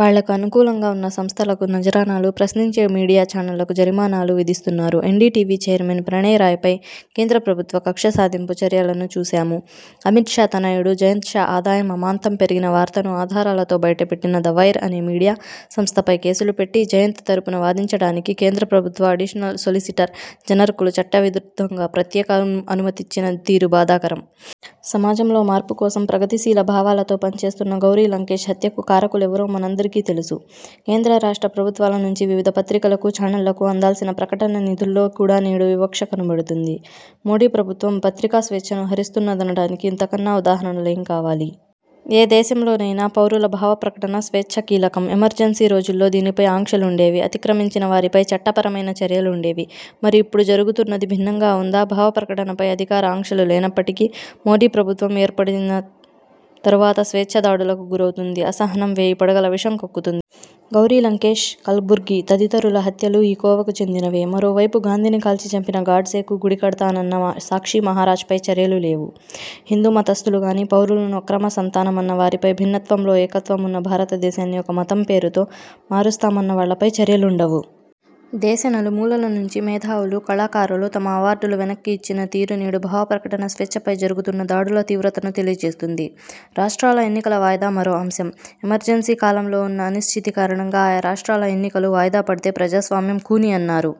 వాళ్లకు అనుకూలంగా ఉన్న సంస్థలకు నజరానాలు, ప్రశ్నించే మీడియా ఛానళ్లకు జరిమానాలు విధిస్తున్నారు. NDTV chairman Pranoy Roy పై కేంద్రప్రభుత్వ కక్షసాధింపు చర్యలను చూశాము. అమిత్ షా తనయుడు, జయంత్ షా ఆదాయం అమాంతం పెరిగిన వార్తను ఆధారాలతో బయటపెట్టిన 'ద వైర్' అనే మీడియా సంస్థపై కేసులు పెట్టి, జయంత్ తరుపున వాదించటానికి కేంద్ర ప్రభుత్వ అడిషనల్ సోలిసిటర్ జనరల్కు చట్ట విరుద్ధంగా ప్రత్యేక అనుమతిచ్చిన తీరు బాధాకరం. సమాజంలో మార్పుకోసం, ప్రగతిశీల భావాలతో పనిచేస్తున్న గౌరి లంకేశ్ హత్యకు కారకులెవరో మనందరికీ తెలుసు. కేంద్ర, రాష్ట్ర ప్రభుత్వాలనుంచి వివిధ పత్రికలకు, చానళ్ళకు అందాల్సిన ప్రకటన నిధుల్లో కూడా నేడు వివక్ష కనబడుతుంది. మోదీ ప్రభుత్వం పత్రికా స్వేచ్ఛను హరిస్తు న్నదనటానికి ఇంతకన్నా ఉదాహరణలు ఏం కావాలి? ఏ దేశంలోనైనా, పౌరుల భావప్రకటన స్వేచ్ఛ కీలకం. ఎమర్జెన్సీ రోజుల్లో దీనిపై ఆంక్షలుండేవి. అతిక్రమించిన వారిపై చట్టపరమైన చర్యలుండేవి. మరి, ఇప్పుడు జరుగుతున్నది భిన్నంగా ఉందా? భావప్రకటనపై అధికారిక ఆంక్షలు లేనప్పటికీ, మోదీ ప్రభుత్వం ఏర్పడిన తరువాత స్వేచ్ఛ దాడులకు గురవుతుంది. 'అసహనం' వేయి పడగల విషం కక్కుతుంది. గౌరి లంకేశ్, కల్బుర్గి తదితరుల హత్యలు ఈ కోవకు చెందినవే. మరోవైపు, గాంధీని కాల్చి చంపిన గాడ్సేకు గుడికడతానన్న సాక్షిమహారాజ్ పై చర్యలు లేవు. హిందూ మతస్థులు కాని పౌరులను అక్రమ సంతానమన్నవారిపై, భిన్నత్వంలో ఏకత్వంవున్న భారతదేశాన్ని ఒక మతం పేరుతో మారుస్తామన్న వాళ్లపై చర్యలుండవు. దేశం నలుమూలల నుంచి మేధావులు, కళాకారులు తమ అవార్డులు వెనక్కి ఇచ్చిన తీరు నేడు భావప్రకటన స్వేచ్ఛపై జరుగుతున్న దాడుల తీవ్రతను తెలియజేస్తుంది. రాష్ట్రాల ఎన్నికల వాయిదా మరో అంశం. ఎమర్జెన్సీ కాలంలోవున్న అనిశ్చితి కారణంగా ఆయా రాష్టాల ఎన్నికలు వాయిదాపడితే ప్రజాస్వామ్యం ఖూనీ అన్నారు.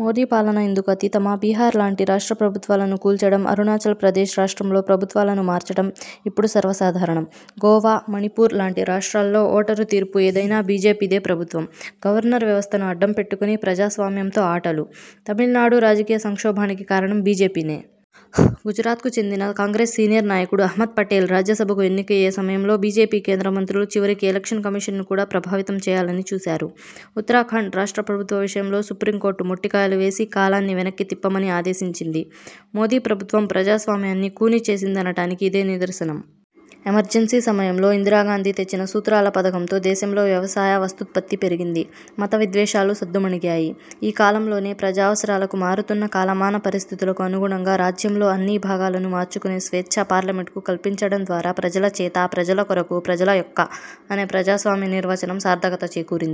మోదీ పాలన ఇందుకు అతీతమా? బిహార్ లాంటి రాష్ట్ర ప్రభుత్వాలను కూల్చటం, అరుణాచల్ ప్రదేశ్ రాష్ట్రంలో ప్రభుత్వాలను మార్చటం ఇపుడు సర్వసాధారణం. గోవా, మణిపూర్ లాంటి రాష్టాల్లో ఓటరు తీర్పు ఏదైనా బీజేపీదే ప్రభుత్వం. గవర్నర్ వ్యస్థను అడ్డం పెట్టుకుని, ప్రజాస్వామ్యంతో ఆటలు. తమిళనాడు రాజకీయ సంక్షోభానికి కారణం బీజేపీనే. గుజరాత్కు చెందిన కాంగ్రెస్ సీనియర్ నాయకుడు అహమ్మద్ పటేల్ రాజ్యసభకు ఎన్నికయ్యే సమయంలో బీజేపీ కేంద్రమంత్రులు చివరికి ఎలక్షన్ కమిషన్ను కూడా ప్రభావితం చేయాలని చూసారు. ఉత్తరాఖండ్ రాష్ట్ర ప్రభుత్వ విషయంలో సుప్రీంకోర్టు మొట్టికాయలు వేసి, కాలాన్ని వెనక్కి తిప్పమని ఆదేశించింది. మోదీ ప్రభుత్వం ప్రజాస్వామ్యాన్ని ఖూనీ చేసిందనటానికి ఇదే నిదర్శనం. ఎమర్జెన్సీ సమయంలో ఇందిరాగాంధీ తెచ్చిన సూత్రాల పథకంతో దేశంలో వ్యవసాయ, వస్తూత్పత్తి పెరిగింది. మత విద్వేషాలు సద్దుమణిగాయి. ఈ కాలంలోనే, ప్రజావసరాలకు, మారుతున్న కాలమాన పరిస్థితులకు అనుగుణంగా రాజ్యాంగంలో అన్ని భాగాలను మార్చుకునే స్వేచ్ఛ పార్లమెంటుకు కల్పించటం ద్వారా 'ప్రజల చేత, ప్రజల కొరకు, ప్రజల యొక్క' అనే ప్రజాస్వామ్య నిర్వచనం సార్థకత చేకూరింది.